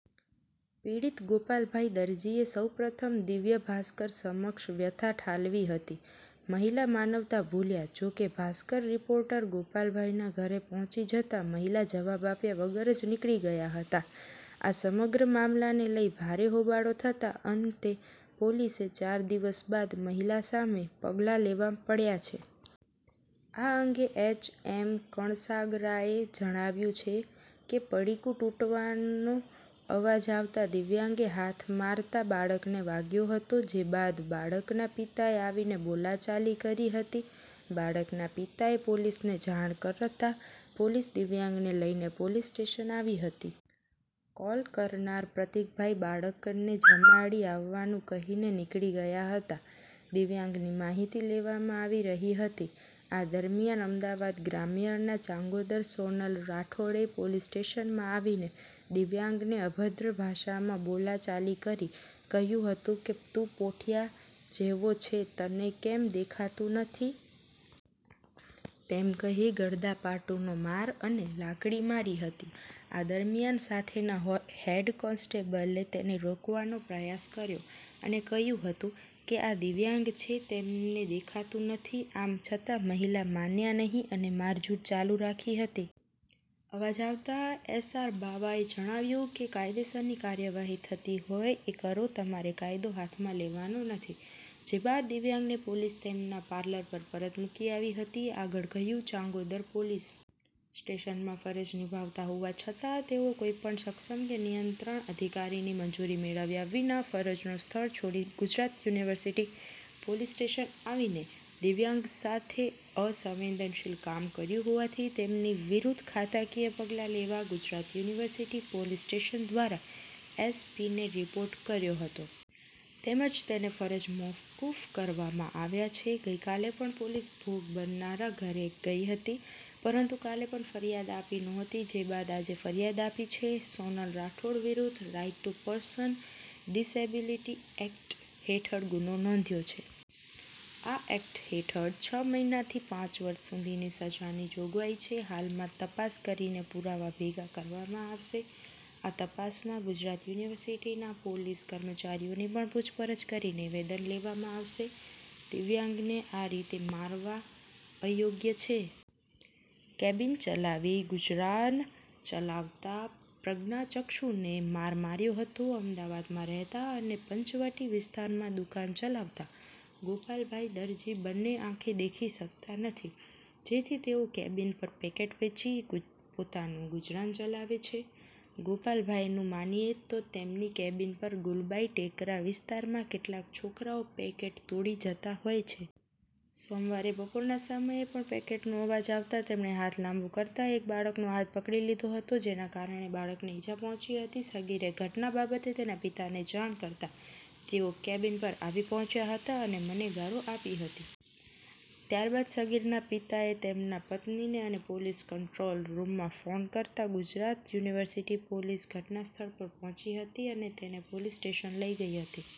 પીડિત ગોપાલભાઈ દરજીએ સૌ પ્રથમ દિવ્ય ભાસ્કર સમક્ષ વ્યથા ઠાલવી હતી. મહિલા માનવતા ભૂલ્યા. જો કે, ભાસ્કર રિપોર્ટર ગોપાલભાઈના ઘરે પહોંચી જતા મહિલા જવાબ આપ્યા વગર જ નીકળી ગયા હતા. આ સમગ્ર મામલાને લઈ ભારે હોબાળો થતા અંતે પોલીસે ચાર દિવસ બાદ મહિલા સામે પગલાં લેવા પડ્યા છે. આ અંગે એચ. એમ કણસાગરાએ જણાવ્યું કે "પડીકું તૂટવાનો અવાજ આવતા દિવ્યાંગે હાથ મારતા બાળકને વાગ્યો હતો. જે બાદ બાળકના પિતાએ આવીને બોલાચાલી કરી હતી. બાળકના પિતાએ પોલીસને જાણ કરતા પોલીસ દિવ્યાંગને લઈને પોલીસ સ્ટેશન આવી હતી." કોલ કરનાર પ્રતિકભાઈ બાળકને જમાડી આવવાનું કહીને નીકળી ગયા હતા. દિવ્યાંગની માહિતી લેવામાં આવી રહી હતી. આ દરમિયાન અમદાવાદ ગ્રામ્યના ચાંગોદર સોનલ રાઠોડે પોલીસ સ્ટેશનમાં આવીને દિવ્યાંગને અભદ્ર ભાષામાં બોલાચાલી કરી કહ્યું હતું કે, "તું પોઠીયા જેવો છે, તને કેમ દેખાતું નથી? તેમ કહી ગડદાપાટુનો માર અને લાકડી મારી હતી." આ દરમિયાન સાથેના હેડ કોન્સ્ટેબલે તેને રોકવાનો પ્રયાસ કર્યો અને કહ્યું હતું કે, "આ દિવ્યાંગ છે, તેમને દેખાતું નથી.' આમ છતાં મહિલા માન્યા નહીં અને મારઝૂડ ચાલુ રાખી હતી. અવાજ આવતા એસ. આર. બાવાએ જણાવ્યું કે, "કાયદેસરની કાર્યવાહી થતી હોય એ કરો તમારે કાયદો હાથમાં લેવાનો નથી." જે બાદ દિવ્યાંગને પોલીસ તેમના પાર્લર પર પરત મૂકી આવી હતી. આગળ કહ્યું, "ચાંગોદર પોલીસ સ્ટેશનમાં ફરજ નિભાવતા હોવા છતાં તેઓ કોઈપણ સક્ષમ કે નિયંત્રણ અધિકારીની મંજૂરી મેળવ્યા વિના ફરજનું સ્થળ છોડી ગુજરાત યુનિવર્સિટી પોલીસ સ્ટેશન આવીને દિવ્યાંગ સાથે અસંવેદનશીલ કામ કર્યું હોવાથી તેમની વિરુદ્ધ ખાતાકીય પગલાં લેવા ગુજરાત યુનિવર્સિટી પોલીસ સ્ટેશન દ્વારા એસ પીને રિપોર્ટ કર્યો હતો. તેમજ તેને ફરજ મોકૂફ કરવામાં આવ્યા છે. ગઈકાલે પણ પોલીસ ભોગ બનનારના ઘરે ગઈ હતી, પરંતુ કાલે પણ ફરિયાદ આપી નહોતી. જે બાદ આજે ફરિયાદ આપી છે. સોનલ રાઠોડ વિરુદ્ધ right to person disability act હેઠળ ગુનો નોંધ્યો છે. આ એક્ટ હેઠળ છ મહિનાથી પાંચ વર્ષ સુધીની સજાની જોગવાઈ છે. હાલમાં તપાસ કરીને પુરાવા ભેગા કરવામાં આવશે. આ તપાસમાં ગુજરાત યુનિવર્સિટીના પોલીસ કર્મચારીઓની પણ પૂછપરછ કરી નિવેદન લેવામાં આવશે. દિવ્યાંગને આ રીતે મારવા અયોગ્ય છે. કેબીન ચલાવી ગુજરાન ચલાવતા પ્રજ્ઞાચક્ષુને માર માર્યો હતો. અમદાવાદમાં રહેતા અને પંચવટી વિસ્તારમાં દુકાન ચલાવતા ગોપાલભાઈ દરજી બંને આંખે દેખી શકતા નથી. જેથી તેઓ કેબીન પર પેકેટ વેચી પોતાનું ગુજરાન ચલાવે છે. ગોપાલભાઈનું માનીએ તો, તેમની કેબીન પર ગુલબાઈ ટેકરા વિસ્તારમાં કેટલાક છોકરાઓ પેકેટ તોડી જતા હોય છે. સોમવારે બપોરના સમયે પણ પેકેટનો અવાજ આવતા તેમને હાથ લાંબો કરતા એક બાળકનો હાથ પકડી લીધો હતો. જેના કારણે બાળકને ઈજા પહોંચી હતી. સગીરે ઘટના બાબતે તેના પિતાને જાણ કરતા તેઓ કેબીન પર આવી પહોંચ્યા હતા, અને મને ગાળો આપી હતી. ત્યારબાદ સગીરના પિતાએ તેમના પત્નીને અને પોલીસ કંટ્રોલ રૂમમાં ફોન કરતા ગુજરાત યુનિવર્સિટી પોલીસ ઘટનાસ્થળ પર પહોંચી હતી. અને તેને પોલીસ સ્ટેશન લઈ ગઈ હતી.